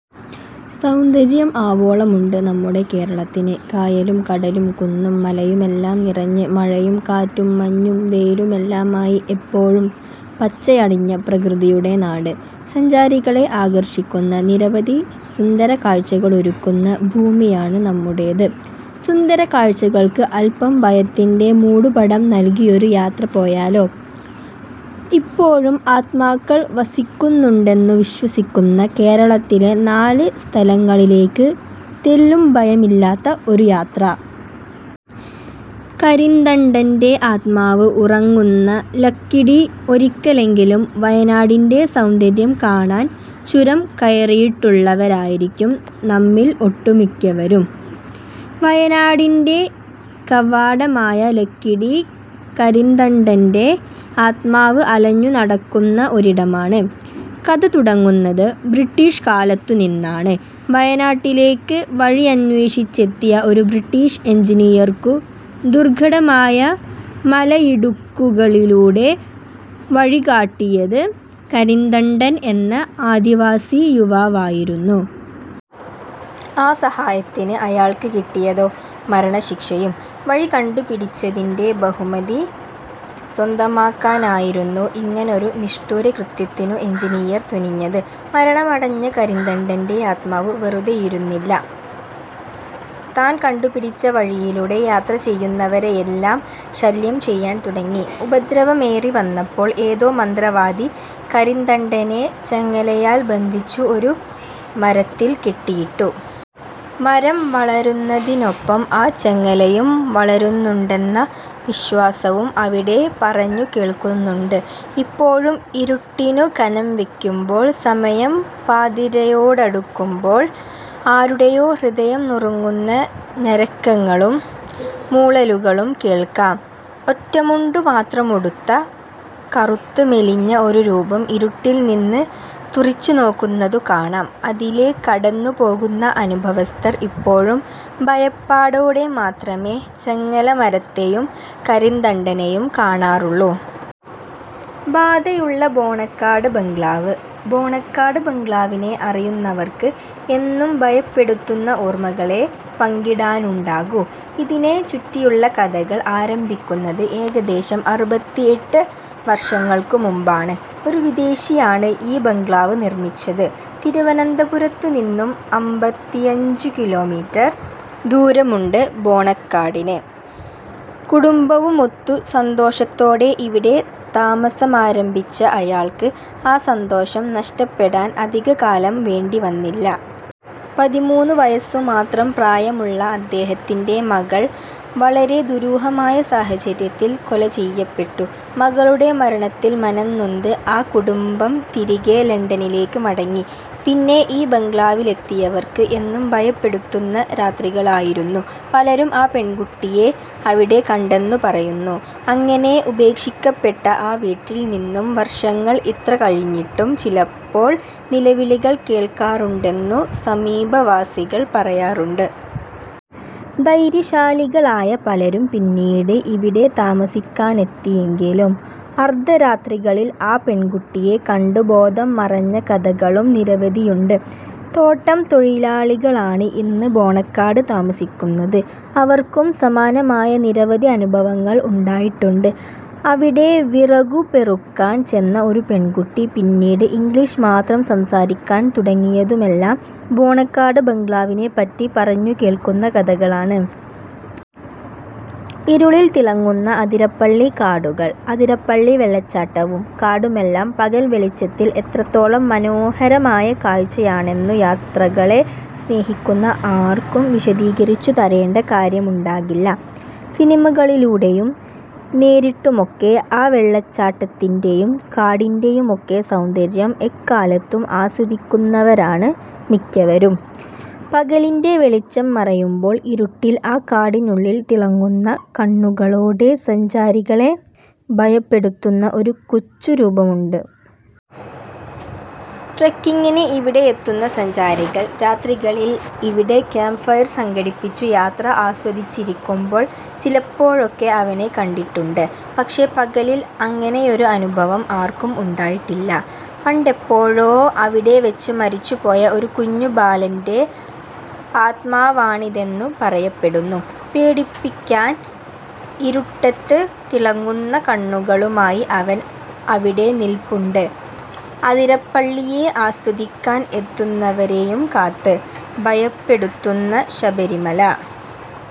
സൗന്ദര്യം ആവോളമുണ്ട് നമ്മുടെ കേരളത്തിന്. കായലും കടലും കുന്നും മലയുമെല്ലാം നിറഞ്ഞ് മഴയും കാറ്റും മഞ്ഞും വെയിലുമെല്ലാമായി എപ്പോഴും പച്ചയണിഞ്ഞ പ്രകൃതിയുടെ നാട്. സഞ്ചാരികളെ ആകർഷിക്കുന്ന നിരവധി സുന്ദരകാഴ്ചകളൊരുക്കുന്ന ഭൂമികയാണ് നമ്മുടേത്. സുന്ദര കാഴ്ചകൾക്ക് അല്പം ഭയത്തിന്റെ മൂടുപടം നൽകിയൊരു യാത്ര പോയാലോ? ഇപ്പോഴും ആത്മാക്കൾ വസിക്കുന്നുണ്ടെന്നു വിശ്വസിക്കുന്ന കേരളത്തിലെ നാല് സ്ഥലങ്ങളിലേക്ക് തെല്ലും ഭയമില്ലാത്ത ഒരു യാത്ര. കരിന്തണ്ടന്റെ ആത്മാവ് ഉറങ്ങുന്ന ലക്കിടി ഒരിക്കലെങ്കിലും വയനാടിന്റെ സൗന്ദര്യം കാണാൻ ചുരം കയറിയിട്ടുള്ളവരായിരിക്കും നമ്മിൽ ഒട്ടുമിക്കവരും. വയനാടിന്റെ കവാടമായ ലക്കിടി, കരിന്തണ്ടന്റെ ആത്മാവ് അലഞ്ഞു നടക്കുന്ന ഒരിടമാണ്. കഥ തുടങ്ങുന്നത് ബ്രിട്ടീഷ് കാലത്തു നിന്നാണ്. വയനാട്ടിലേക്ക് വഴിയന്വേഷിച്ചെത്തിയ ഒരു ബ്രിട്ടീഷ് എഞ്ചിനീയർക്കു ദുർഘടമായ മലയിടുക്കുകളിലൂടെ വഴികാട്ടിയത് കരിന്തണ്ടൻ എന്ന ആദിവാസി യുവാവായിരുന്നു. ആ സഹായത്തിനു അയാൾക്ക് കിട്ടിയതോ മരണശിക്ഷയും. വഴി കണ്ടുപിടിച്ചതിന്റെ ബഹുമതി സ്വന്തമാക്കാനായിരുന്നു ഇങ്ങനൊരു നിഷ്ഠൂരകൃത്യത്തിനു എഞ്ചിനീയർ തുനിഞ്ഞത്. മരണമടഞ്ഞ കരിന്തണ്ടന്റെ ആത്മാവ് വെറുതെയിരുന്നില്ല. താൻ കണ്ടുപിടിച്ച വഴിയിലൂടെ യാത്ര ചെയ്യുന്നവരെയെല്ലാം ശല്യം ചെയ്യാൻ തുടങ്ങി. ഉപദ്രവമേറി വന്നപ്പോൾ ഏതോ മന്ത്രവാദി കരിന്തണ്ടനെ ചങ്ങലയാൽ ബന്ധിച്ചു ഒരു മരത്തിൽ കെട്ടിയിട്ടു. മരം വളരുന്നതിനൊപ്പം ആ ചങ്ങലയും വളരുന്നുണ്ടെന്ന വിശ്വാസവും അവിടെ പറഞ്ഞു കേൾക്കുന്നുണ്ട്. ഇപ്പോഴും ഇരുട്ടിനു കനംവയ്ക്കമ്പോൾ സമയം പാതിരയോടടുക്കുമ്പോൾ ആരുടെയോ ഹൃദയം നുറുങ്ങുന്ന ഞരക്കങ്ങളും മൂളലുകളും കേൾക്കാം ഒറ്റമുണ്ടു മാത്രമുടുത്ത, കറുത്ത് മെലിഞ്ഞ ഒരു രൂപം ഇരുട്ടിൽ നിന്ന് തുറിച്ചു നോക്കുന്നതു കാണാം അതിലെ കടന്നു പോകുന്ന അനുഭവസ്ഥർ ഇപ്പോഴും ഭയപ്പാടോടെ മാത്രമേ ചങ്ങല മരത്തെയും കരിന്തണ്ടനെയും കാണാറുള്ളൂ. ബാധയുള്ള ബോണക്കാട് ബംഗ്ലാവ് ബോണക്കാട് ബംഗ്ലാവിനെ അറിയുന്നവർക്ക് എന്നും ഭയപ്പെടുത്തുന്ന ഓർമ്മകളെ പങ്കിടാനുണ്ടാകൂ. ഇതിനെ ചുറ്റിയുള്ള കഥകൾ ആരംഭിക്കുന്നത് ഏകദേശം അറുപത്തിഎട്ട് വർഷങ്ങൾക്കു മുമ്പാണ്. ഒരു വിദേശിയാണ് ഈ ബംഗ്ലാവ് നിർമ്മിച്ചത്. തിരുവനന്തപുരത്തു നിന്നും അമ്പത്തിയഞ്ചുകിലോമീറ്റർ ദൂരമുണ്ട് ബോണക്കാടിന്. കുടുംബവുമൊത്തു സന്തോഷത്തോടെ ഇവിടെ താമസമാരംഭിച്ച അയാൾക്ക്, ആ സന്തോഷം നഷ്ടപ്പെടാൻ അധിക കാലം വേണ്ടി വന്നില്ല. പതിമൂന്നു വയസ്സു മാത്രം പ്രായമുള്ള അദ്ദേഹത്തിന്റെ മകൾ വളരെ ദുരൂഹമായ സാഹചര്യത്തിൽ കൊല ചെയ്യപ്പെട്ടു. മകളുടെ മരണത്തിൽ മനംനൊന്ത് ആ കുടുംബം തിരികെ ലണ്ടനിലേക്ക് മടങ്ങി. പിന്നെ ഈ ബംഗ്ലാവിലെത്തിയവർക്ക് എന്നും ഭയപെടുത്തുന്ന രാത്രികളായിരുന്നു. പലരും ആ പെൺകുട്ടിയെ അവിടെ കണ്ടെന്നു പറയുന്നു. അങ്ങനെ ഉപേക്ഷിക്കപ്പെട്ട ആ വീട്ടിൽ നിന്നും വർഷങ്ങൾ ഇത്ര കഴിഞ്ഞിട്ടും ചിലപ്പോൾ നിലവിളികൾ കേൾക്കാറുണ്ടെന്നു സമീപവാസികൾ പറയാറുണ്ട്. ധൈര്യശാലികളായ പലരും പിന്നീട് ഇവിടെ താമസിക്കാനെത്തിയെങ്കിലും അർധരാത്രികളിൽ ആ പെൺകുട്ടിയെ കണ്ടു ബോധം മറഞ്ഞ കഥകളും നിരവധിയുണ്ട്. തോട്ടം തൊഴിലാളികളാണ് ഇന്ന് ബോണക്കാട് താമസിക്കുന്നത്. അവർക്കും സമാനമായ നിരവധി അനുഭവങ്ങൾ ഉണ്ടായിട്ടുണ്ട്. അവിടെ വിറകു പെറുക്കാൻ ചെന്ന ഒരു പെൺകുട്ടി പിന്നീട് ഇംഗ്ലീഷ് മാത്രം സംസാരിക്കാൻ തുടങ്ങിയതുമെല്ലാം ബോണക്കാട് ബംഗ്ലാവിനെ പറ്റി പറഞ്ഞു കേൾക്കുന്ന കഥകളാണ്. ഇരുളിൽ തിളങ്ങുന്ന അതിരപ്പള്ളി കാടുകൾ അതിരപ്പള്ളി വെള്ളച്ചാട്ടവും കാടുമെല്ലാം പകൽ വെളിച്ചത്തിൽ എത്രത്തോളം മനോഹരമായ കാഴ്ചയാണെന്നു യാത്രകളെ സ്നേഹിക്കുന്ന ആർക്കും വിശദീകരിച്ചു തരേണ്ട കാര്യമുണ്ടാകില്ല. സിനിമകളിലൂടെയും നേരിട്ടുമൊക്കെ ആ വെള്ളച്ചാട്ടത്തിന്റെയും കാടിന്റെയുമൊക്കെ സൗന്ദര്യം എല്ലാക്കാലത്തും ആസ്വദിക്കുന്നവരാണ് മിക്കവരും. പകലിന്റെ വെളിച്ചം മറയുമ്പോൾ. ഇരുട്ടിൽ ആ കാടിനുള്ളിൽ തിളങ്ങുന്ന കണ്ണുകളോടെ സഞ്ചാരികളെ ഭയപ്പെടുത്തുന്ന ഒരു കൊച്ചു രൂപമുണ്ട്. ട്രെക്കിങ്ങിനു ഇവിടെയെത്തുന്ന സഞ്ചാരികൾ രാത്രികളിൽ ഇവിടെ ക്യാമ്പ് ഫെയർ സംഘടിപ്പിച്ചു യാത്ര ആസ്വദിച്ചിരിക്കുമ്പോൾ, ചിലപ്പോഴൊക്കെ അവനെ കണ്ടിട്ടുണ്ട്. പക്ഷേ പകലിൽ അങ്ങനെയൊരു അനുഭവം ആർക്കും ഉണ്ടായിട്ടില്ല. പണ്ടെപ്പോഴോ അവിടെ വെച്ച് മരിച്ചുപോയ ഒരു കുഞ്ഞു ബാലന്റെ ആത്മാവാണിതെന്നു പറയപ്പെടുന്നു. പേടിപ്പിക്കാൻ ഇരുട്ടത്ത് തിളങ്ങുന്ന കണ്ണുകളുമായി അവൻ അവിടെ നിൽപ്പുണ്ട് അതിരപ്പള്ളിയെ ആസ്വദിക്കാൻ എത്തുന്നവരെയും കാത്ത്. ഭയപ്പെടുത്തുന്ന ശബരിമല.